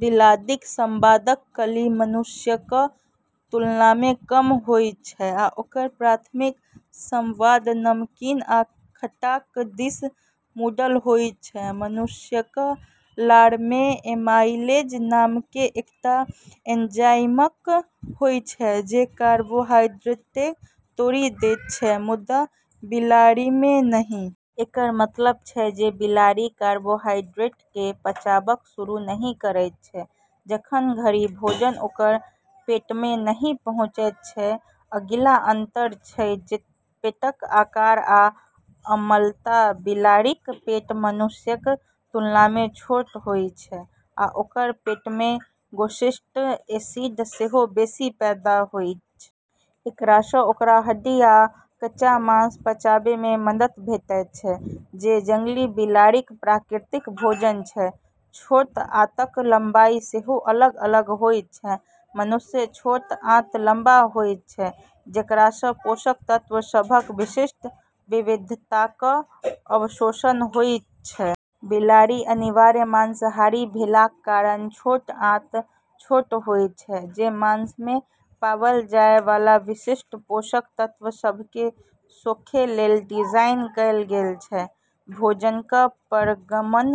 बिलाड़िक स्वादक कली मनुष्यक तुलनामे कम होइत छै, आ ओकर प्राथमिक स्वाद नमकीन आ खट्टाक दिस मुड़ल होइत छै। मनुष्यक लारमे एमाइलेज नामेक एकटा एंजाइम होइत छै जे कार्बोहाइड्रेटकेँ तोड़ि दैत छै, मुदा बिलाड़िमे नहि। एकर मतलब छै जे बिलाड़ि कार्बोहाइड्रेटकेँ पचाबब शुरू नहि करैत छै, जखन धरि भोजन ओकर पेटमे नहि पहुँचैत छै। अगिला अंतर अछि पेटक आकार आ अम्लता। बिलाड़िक पेट मनुष्यक तुलनामे छोट होइत छै आ ओकर पेटमे गैस्ट्रिक एसिड सेहो बेसी पैदा होइत छै। एकरासँ ओकरा हड्डी आ कच्चा मांस पचाबैमे मदद भेटैत छै, जे जंगली बिलाड़िक प्राकृतिक भोजन छै। छोट आंतक लंबाई सेहो अलग-अलग होइत अछि। मनुष्यक छोट आंत लंबा होइत छै, जेकरासँ पोषक तत्व सभक विस्तृत विविधताक अवशोषण होइत छै। बिलाड़ि, अनिवार्य मांसाहारी भेलाक कारण, छोट आंत छोट होइत छै, जे मांसमे पाबल जाय वाला विशिष्ट पोषक तत्व सभकेँ सोखै लेल डिजाइन कएल गेल छै। भोजनक पारगमन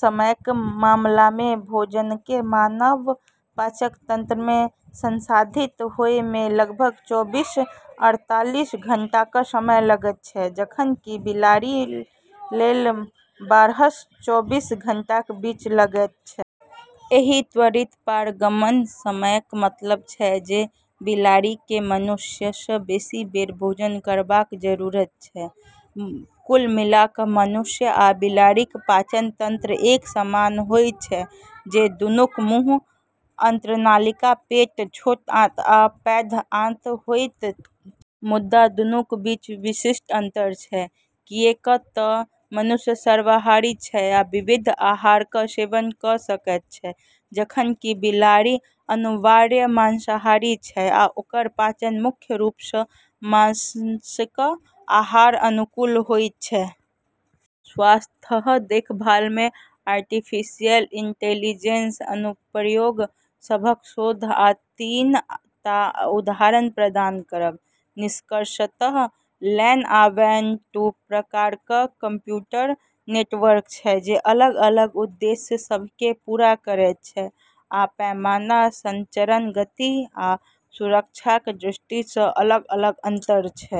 समयक मामलामे, भोजनकेँ मानव पाचन तंत्रमे संसाधित होइमे लगभग चौबीससँ अड़तालीस घंटाक समय लगैत छै, जखन कि बिलाड़िलेल, बारहसँ चौबीस घंटाक बीच लगैत छै। एहि त्वरित पारगमन समयक मतलब छै जे बिलाड़िकेँ मनुष्यसँ बेसी बेर भोजन करबाक जरूरत छै। कुल मिला कऽ मनुष्य आ बिलाड़िक पाचन तंत्र एक समान होइत अछि जे दूनूक मुँह, अन्ननलिका, पेट, छोट आंत आ पैघ आंत होइत अछि। मुदा, दूनूक बीच विशिष्ट अंतर छै, किऐक तऽ मनुष्य सर्वाहारी छै आ विविध आहारक सेवन कऽ सकैत छै जखन कि बिलाड़ि अनिवार्य मांसाहारी छै आ ओकर पाचन मुख्य रूपसँ मांसक आहारक अनुकूल होइत छै। स्वास्थ्य देखभलमे आर्टिफिशियल इंटेलिजेंस अनुप्रयोग सभक शोध आ तीन टा उदाहरण प्रदान करब। निष्कर्षतः लैन आ वैन दू प्रकारक कंप्यूटर नेटवर्क छै जे अलग-अलग उद्देश्य सभकेँ पूरा करैत छै आ पैमाना, संचरण गति आ सुरक्षाक दृष्टिसँ अलग-अलग अंतर छै।